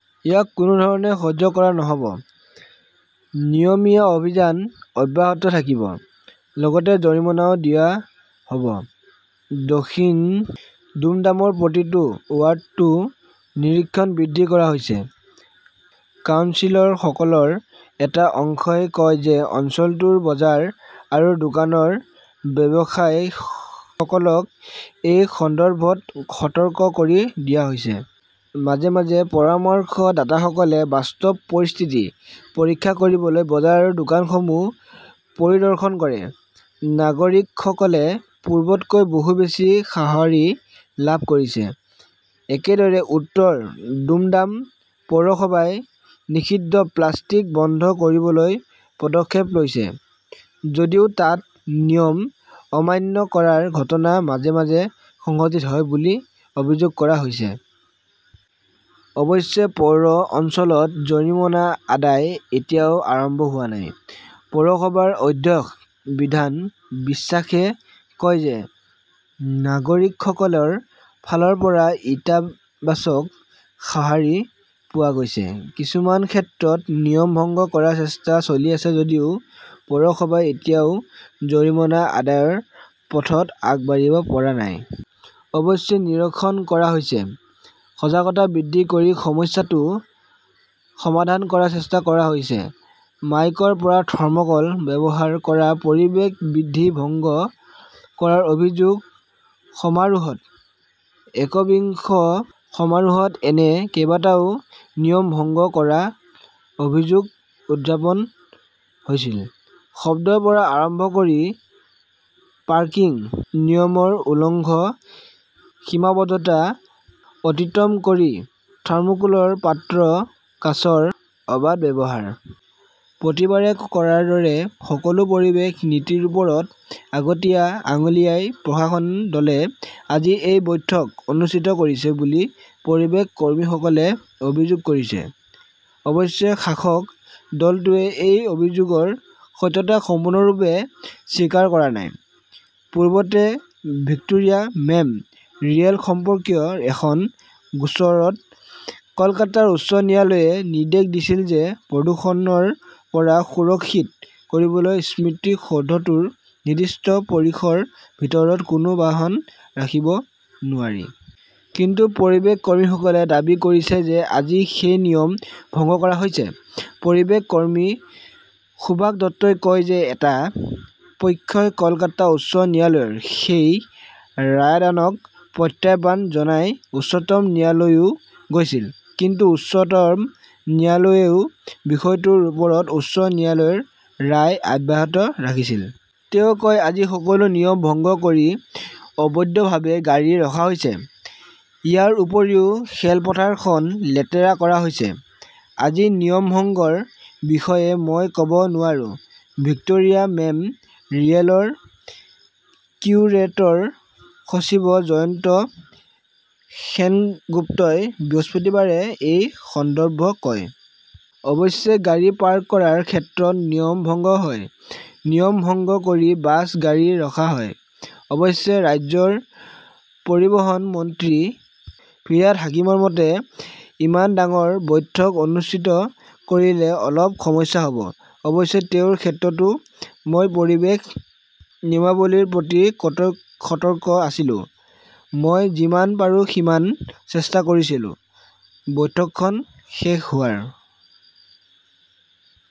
ইয়াক কোনো ধৰণে সহ্য কৰা নহ "ব। নিয়মীয়া অভিযান অব্যাহত থাকিব। লগতে জৰিমনাও দিয়া হ "ব। দক্ষিণ দুমডামৰ প্ৰতিটো ৱাৰ্ডতো নিৰীক্ষণ বৃদ্ধি কৰা হৈছে। কাউন্সিলৰসকলৰ এটা অংশই কয় যে অঞ্চলটোৰ বজাৰ আৰু দোকানৰ ব্যৱসায়ীসকলক এই সন্দৰ্ভত সতৰ্ক কৰি দিয়া হৈছে। মাজে মাজে পৰামৰ্শদাতাসকলে বাস্তৱ পৰিস্থিতি পৰীক্ষা কৰিবলৈ বজাৰ আৰু দোকানসমূহ পৰিদৰ্শন কৰে। নাগৰিকসকলে পূৰ্বতকৈ বহু বেছি সঁহাৰি লাভ কৰিছে। একেদৰে, উত্তৰ দুমডাম পৌৰসভাই নিষিদ্ধ প্লাষ্টিক বন্ধ কৰিবলৈ পদক্ষেপ লৈছে। যদিও তাত নিয়ম অমান্য কৰাৰ ঘটনা মাজে মাজে সংঘটিত হয় বুলি অভিযোগ কৰা হৈছে। অৱশ্যে, পৌৰ অঞ্চলত জৰিমনা আদায় এতিয়াও আৰম্ভ হোৱা নাই। পৌৰসভাৰ অধ্যক্ষ বিধান বিশ্বাসে কয় যে নাগৰিকসকলৰ ফালৰ পৰা ইতিবাচক সঁহাৰি পোৱা গৈছে। কিছুমান ক্ষেত্ৰত নিয়ম ভংগ কৰাৰ চেষ্টা চলি আছে যদিও পৌৰসভাই এতিয়াও জৰিমনা আদায়ৰ পথত আগবাঢ়িব পৰা নাই। অৱশ্যে, নিৰীক্ষণ কৰা হৈছে। সজাগতা বৃদ্ধি কৰি সমস্যাটো সমাধান কৰাৰ চেষ্টা কৰা হৈছে। মাইকৰ পৰা থৰ্ম "কল ব্যৱহাৰ কৰা, পৰিৱেশ বিধি ভংগ কৰাৰ অভিযোগ সমাৰোহত একবিংশ সমাৰোহত এনে কেইবাটাও নিয়ম ভংগ কৰাৰ অভিযোগ উত্থাপন হৈছিল-শব্দৰ পৰা আৰম্ভ কৰি পাৰ্কিং-নিয়মৰ উলংঘন, সীমাবদ্ধতা অতিক্ৰম কৰি থাৰ্মোক্লৰ পাত্ৰ-কাঁচৰ অবাধ ব্যৱহাৰ। প্ৰতিবাৰে কৰাৰ দৰে সকলো পৰিৱেশ নীতিৰ ওপৰত আগতীয়া আঙুলিয়াই প্ৰশাসন দলে আজি এই বৈঠক অনুষ্ঠিত কৰিছে বুলি পৰিৱেশ কৰ্মীসকলে অভিযোগ কৰিছে। অৱশ্যে শাসক দলটোৱে এই অভিযোগৰ সত্যতা সম্পূৰ্ণৰূপে স্বীকাৰ কৰা নাই। পূৰ্বতে ভিক্টোৰিয়া মেম "ৰিয়েল সম্পৰ্কীয় এখন গোচৰত কলকাতা উচ্চ ন্যায়ালয়ে নিৰ্দেশ দিছিল যে প্ৰদূষণৰ পৰা সুৰক্ষিত কৰিবলৈ স্মৃতিসৌধটোৰ নিৰ্দিষ্ট পৰিসৰৰ ভিতৰত কোনো বাহন ৰাখিব নোৱাৰি। কিন্তু পৰিৱেশ কৰ্মীসকলে দাবী কৰিছে যে আজি সেই নিয়ম ভংগ কৰা হৈছে। পৰিৱেশ কৰ্মী সুভাষ দত্তই কয় যে এটা পক্ষই কলকাতা উচ্চ ন্যায়ালয়ৰ সেই ৰায়দানক প্ৰত্যাহ্বান জনাই উচ্চতম ন্যায়ালয়লৈও গৈছিল। কিন্তু উচ্চতম ন্যায়ালয়েও বিষয়টোৰ ওপৰত উচ্চ ন্যায়ালয়ৰ ৰায় অব্যাহত ৰাখিছিল। তেওঁ কয়, "আজি সকলো নিয়ম ভংগ কৰি অবৈধভাৱে গাড়ী ৰখা হৈছে। ইয়াৰ উপৰিও খেলপথাৰখন লেতেৰা কৰা হৈছে। "আজিৰ নিয়ম ভংগৰ বিষয়ে মই ক" ব নোৱাৰো ", ভিক্টোৰিয়া মেম" ৰিয়েলৰ কিউৰেটৰ-সচিব জয়ন্ত সেনগুপ্তই বৃহস্পতিবাৰে এই সন্দৰ্ভত কয়। অৱশ্যে, গাড়ী পাৰ্ক কৰাৰ ক্ষেত্ৰত নিয়ম ভংগ হয়। নিয়ম ভংগ কৰি বাছ, গাড়ী ৰখা হয়। "অৱশ্যে, ৰাজ্যৰ পৰিবহণ মন্ত্ৰী ফিৰহাদ হাকিমৰ মতে," ইমান ডাঙৰ বৈঠক অনুষ্ঠিত কৰিলে অলপ সমস্যা হ "ব। অৱশ্যে, তেওঁৰ ক্ষেত্ৰতো, মই পৰিৱেশ নিয়মাৱলীৰ প্ৰতি সতৰ্ক আছিলো। মই যিমান পাৰো সিমান চেষ্টা কৰিছিলো। বৈঠকখন শেষ হোৱাৰ